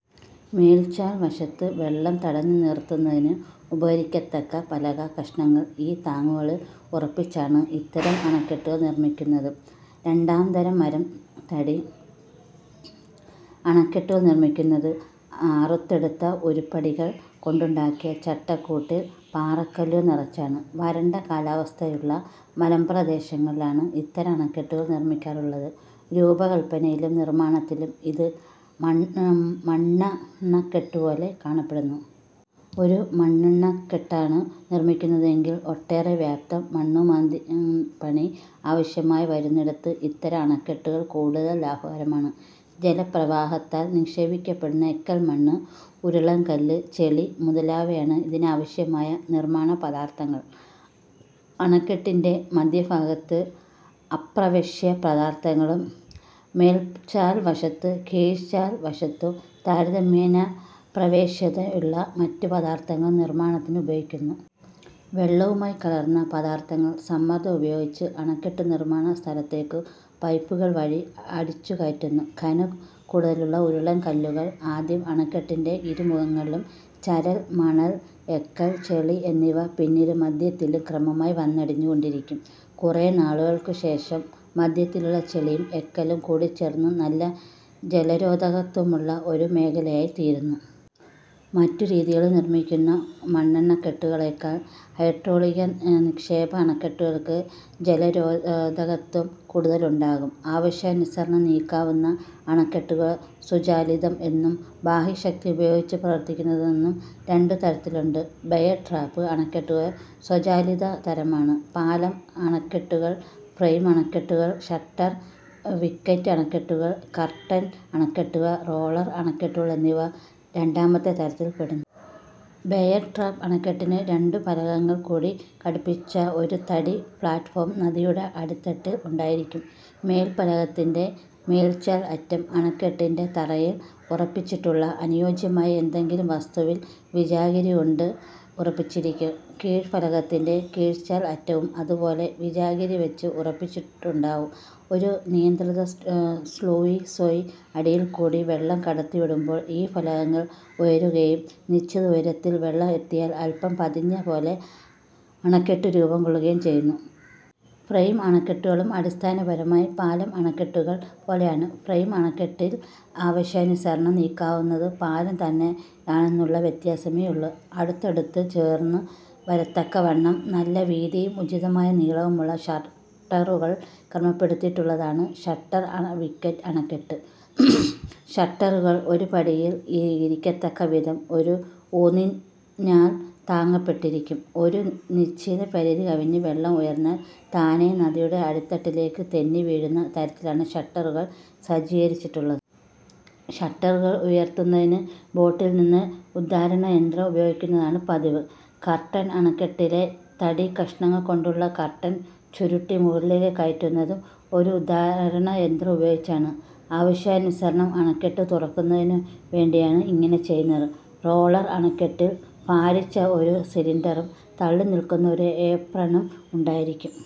മേൽചാൽ വശത്ത് വെള്ളം തടഞ്ഞു നിറുത്തുന്നതിന് ഉപകരിക്കത്തക്ക പലക കഷണങ്ങൾ ഈ താങ്ങുകളിൽ ഉറപ്പിച്ചാണ് ഇത്തരം അണക്കെട്ടുകൾ നിർമ്മിക്കുന്നത്. രണ്ടാo തരം മരം തടി അണക്കെട്ടുകൾ നിർമ്മിക്കുന്നത് അറുത്തെടുത്ത ഉരുപ്പടികൾ കൊണ്ടുണ്ടാക്കിയ ചട്ട കൂട്ടിൽ പാറക്കല്ലുകൾ നിറച്ചാണ്. വരണ്ട കാലാവസ്ഥയുള്ള മലമ്പ്രദേശങ്ങളിലാണ് ഇത്തരം അണക്കെട്ടുകൾ നിർമ്മിക്കാറുള്ളത്. രൂപകല്പനയിലും നിർമ്മാണത്തിലും ഇത് മണ്ണണക്കെട്ടുപോലെ കാണപ്പെടുന്നു ഒരു മണ്ണണക്കെട്ടാണു നിർമ്മിക്കുന്നതെങ്കിൽ ഒട്ടേറെ വ്യാപ്തം മണ്ണുമാന്തി പണി ആവശ്യമായി വരുന്നിടത്ത് ഇത്തരം അണക്കെട്ടുകൾ കൂടുതൽ ലാഭകരമാണ്. ജല പ്രവാഹത്താൽ നിക്ഷേപിക്കപ്പെടുന്ന എക്കൽ, മണ്ണ്, ഉരുളൻകല്ല്, ചെളി മുതലായവയാണ് ഇതിനാവശ്യമായ നിർമ്മാണ പദാർഥങ്ങൾ. അണക്കെട്ടിന്റെ മദ്ധ്യഭാഗത്ത് അപ്രവേശ്യ പദാർഥങ്ങളും, മേൽചാൽ വശത്തും കീഴ്ചാൽ വശത്തും, താരതമ്യേന പ്രവേശ്യതയുള്ള മറ്റു പദാർഥങ്ങളും നിർമ്മാണത്തിന് ഉപയോഗിക്കുന്നു. വെള്ളവുമായി കലർന്ന പദാർഥങ്ങൾ സമ്മർദ്ദം ഉപയോഗിച്ച് അണക്കെട്ടു നിർമ്മാണ സ്ഥലത്തേക്കു പൈപ്പുകൾ വഴി അടിച്ചു കയറ്റുന്നു. ഘന കൂടുതലുള്ള ഉരുളൻ കല്ലുകൾ ആദ്യം അണക്കെട്ടിന്റെ ഇരുമുഖങ്ങളിലും, ചരൽ, മണൽ, എക്കൽ, ചെളി എന്നിവ പിന്നീട് മദ്ധ്യത്തിലും ക്രമമായി വന്നടിഞ്ഞു കൊണ്ടിരിക്കും. കുറെ നാളുകൾക്കു ശേഷം മദ്ധ്യത്തിലുള്ള ചെളിയും എക്കലും കൂടിച്ചേർന്ന് നല്ല ജലരോധകത്വമുള്ള ഒരു മേഖലയായി തീരുന്നു. മറ്റു രീതികളിൽ നിർമ്മിക്കുന്ന മണ്ണണക്കെട്ടുകളേക്കാൾ ഹൈഡ്രോളിക നിക്ഷേപ അണക്കെട്ടുകൾക്ക് ജലരോധകത്വം കൂടൂതലുണ്ടാകും. ആവശ്യാനുസരണം നീക്കാവുന്ന അണക്കെട്ടുകൾ സ്വചാലിതം എന്നും, ബാഹ്യശക്തി ഉപയോഗിച്ചു പ്രവർത്തിക്കുന്നതെന്നും രണ്ടു തരത്തിലുണ്ട്. ബെയർ-ട്രാപ്പ് അണക്കെട്ടുകൾ സ്വചാലിത തരമാണ്. 'പാലം-അണക്കെട്ടു'കൾ, ഫ്രെയിം അണക്കെട്ടുകൾ, ഷട്ടർ-വിക്കറ്റ് അണക്കെട്ടുകൾ, കർട്ടൻ അണക്കെട്ടുകൾ, റോളർ അണക്കെട്ടുകൾ എന്നിവ രണ്ടാമത്തെ തരത്തിൽ പെടുന്നു. ബെയർ-ട്രാപ്പ് അണക്കെട്ടിന് രണ്ടു ഫലകങ്ങൾ കൂട്ടി ഘടിപ്പിച്ച ഒരു തടി പ്ളാറ്റ്ഫോം നദിയുടെ അടിത്തട്ടിൽ ഉണ്ടായിരിക്കും. മേൽഫലകത്തിന്റെ മേൽചാൽ അറ്റം അണക്കെട്ടിന്റെ തറയിൽ ഉറപ്പിച്ചിട്ടുള്ള അനുയോജ്യമായ എന്തെങ്കിലും വസ്തുവിൽ വിജാഗിരി കൊണ്ട് ഉറപ്പിച്ചിരിക്കും. കീഴ്ഫലകത്തിന്റെ കീഴ്ചാൽ അറ്റവും അതുപോലെ വിജാഗിരി വച്ച് ഉറപ്പിച്ചിട്ടുണ്ടാവും. ഒരു നിയന്ത്രണ സ്ളൂയിസ്വഴി അടിയിൽ കൂടി വെള്ളം കടത്തി വിടുമ്പോൾ ഈ ഫലകങ്ങൾ ഉയരുകയും, നിശ്ചിത ഉയരത്തിൽ വെള്ളം എത്തിയാൽ അല്പം പതിഞ്ഞ '' പോലെ അണക്കെട്ട് രൂപം കൊള്ളുകയും ചെയ്യുന്നു. ഫ്രെയിം അണക്കെട്ടുകളും അടിസ്ഥാനപരമായി 'പാലം-അണക്കെട്ടു'കൾ പോലെയാണ്. ഫ്രെയിം അണക്കെട്ടിൽ ആവശ്യാനുസരണം നീക്കാവുന്നത് പാലം തന്നെയാണെന്നുള്ള വ്യത്യാസമേയുള്ളു. അടുത്തടുത്ത് ചേർന്നു വരത്തക്കവണ്ണം നല്ല വീതിയും ഉചിതമായ നീളവുമുള്ള ഷട്ടറുകൾ ക്രമപ്പെടുത്തിയിട്ടുള്ളതാണ് ഷട്ടർ-വിക്കറ്റ് അണക്കെട്ട്. ഷട്ടറുകൾ ഒരു പടിയിൽ ഇരിക്കത്തക്ക വിധം ഒരു ഊന്നിനാൽ താങ്ങപ്പെട്ടിരിക്കും. ഒരു നിശ്ചിത പരിധി കവിഞ്ഞ് വെള്ളം ഉയർന്നാൽ താനേ നദിയുടെ അടിത്തട്ടിലേക്ക് തെന്നി വീഴുന്ന തരത്തിലാണ് ഷട്ടറുകൾ സജ്ജീകരിച്ചിട്ടുള്ളത്. ഷട്ടറുകൾ ഉയർത്തുന്നതിന് ബോട്ടിൽ നിന്ന് ഉദ്ധാരണ യന്ത്രം ഉപയോഗിക്കുകയാണ് പതിവ്. 'കർട്ടൻ അണക്കെട്ടി'ലെ തടി കഷണങ്ങൾ കൊണ്ടുള്ള കർട്ടൻ ചുരുട്ടി മുകളിലേക്ക് കയറ്റുന്നതും ഒരു ഉദ്ധാരണ യന്ത്രം ഉപയോഗിച്ചാണ്. ആവശ്യാനുസരണം അണക്കെട്ട് തുറക്കുന്നതിനു വേണ്ടിയാണ് ഇങ്ങനെ ചെയ്യുന്നത്. റോളർ അണക്കെട്ടിൽ ഭാരിച്ച ഒരു സിലിണ്ടറും, തള്ളി നിൽക്കുന്ന ഒരു ഏപ്രണും ഉണ്ടായിരിക്കും.